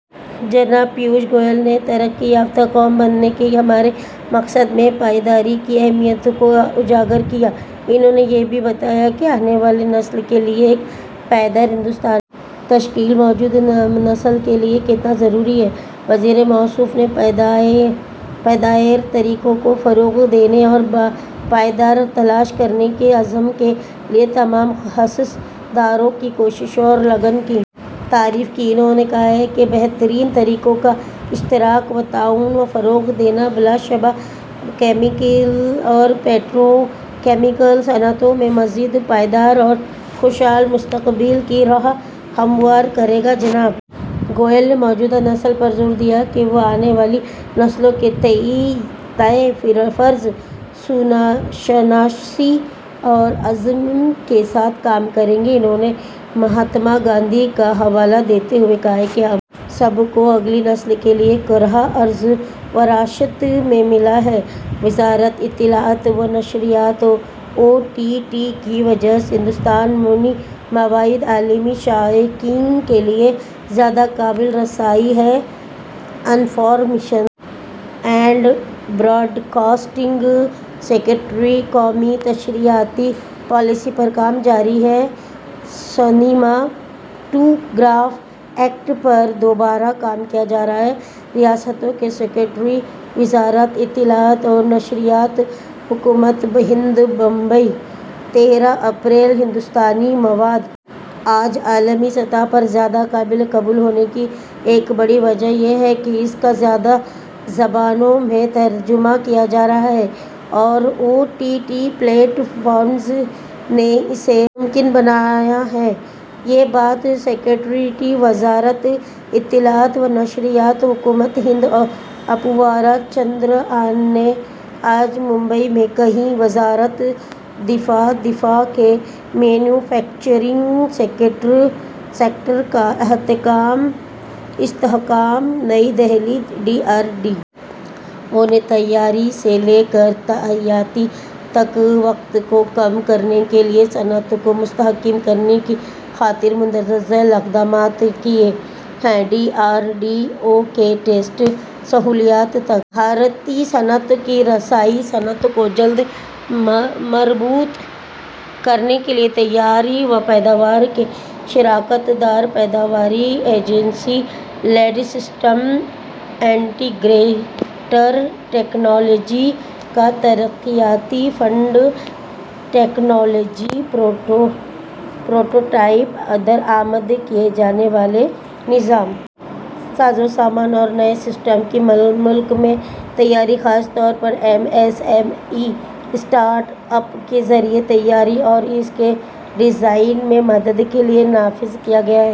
جناب پیوش گوئل نے ترقی یافتہ قوم بننے کے ہمارے مقصد میں پائیداری کی اہمیت کو اجاگر کیا انہوں نے یہ بھی بتایا کہ آنے والی نسل کے لیے ایک پائیدار ہندوستان کی تشکیل موجودہ نسل کے لیے کتنا ضروری ہے وزیر موصوف نے پائیدار طریقوں کو فروغ دینے اور پائیدار حل تلاش کرنے کے عزم کے لیے تمام حصص داروں کی کوششوں اور لگن کی تعریف کی انہوں نے کہا کہ بہترین طریقوں کا اشتراک اور تعاون کو فروغ دینا بلاشبہ کیمیکل اور پیٹرو کیمیکل صنعتوں میں مزید پائیدار اور خوشحال مستقبل کی راہ ہموار کرے گا جناب گوئل نے موجودہ نسل پر زور دیا کہ وہ آنے والی نسلوں کے تئیں فرض شناسی اور عزم کے ساتھ کام کریں انہوں نے مہاتما گاندھی کا حوالہ دیتے ہوئے کہا کہ ہم سب کو اگلی نسل کے لیے کرۂ ارض وراثت میں ملا ہے وزارت اطلاعات و نشریات او ٹی ٹی کی وجہ سے ہندوستانی مواد عالمی شائقین کے لیے زیادہ قابل رسائی ہے انفارمیشن اینڈ براڈکاسٹنگ سکریٹری قومی نشریاتی پالیسی پر کام جاری ہے سنیماٹوگراف ایکٹ پر دوبارہ کام کیا جا رہا ہے ریاستوں کے سکریٹری وزارت اطلاعات و نشریات حکومت ہند ممبئی تیرہ اپریل ہندوستانی مواد آج عالمی سطح پر زیادہ قابل قبول ہونے کی ایک بڑی وجہ یہ ہے کہ اس کا زیادہ زبانوں میں ترجمہ کیا جا رہا ہے اور O T T platforms نے اسے ممکن بنایا ہے یہ بات سکریٹری وزارت اطلاعات و نشریات حکومت ہند اپوروا چندرا نے آج ممبئی میں کہی وزارت دفاع دفاع کے مینو فیکچرنگ سیکٹر کا استحکام نئی Delhi D R D O نے تیاری سے لے کر تعیناتی تک وقت کو کم کرنے کے لیے صنعت کو مستحکم کرنے کی خاطر مندرجہ ذیل اقدامات کیے ہیں ڈی آر ڈی او کی ٹیسٹ سہولیات تک بھارتی صنعت کی رسائی صنعت کو جلد مربوط کرنے کے لیے تیاری و پیداوار کے شراکت دار پیداواری agency lead system integrator technology کا ترقیاتی فنڈ ٹیکنالوجی پروٹوٹائپ درآمد کیے جانے والے نظام ساز و سامان اور نئے سسٹم کی ملک میں تیاری خاص طور پر M S M E startup کے ذریعے تیاری اور اس کے ڈیزائن میں مدد کے لیے نافذ کیا گیا ہے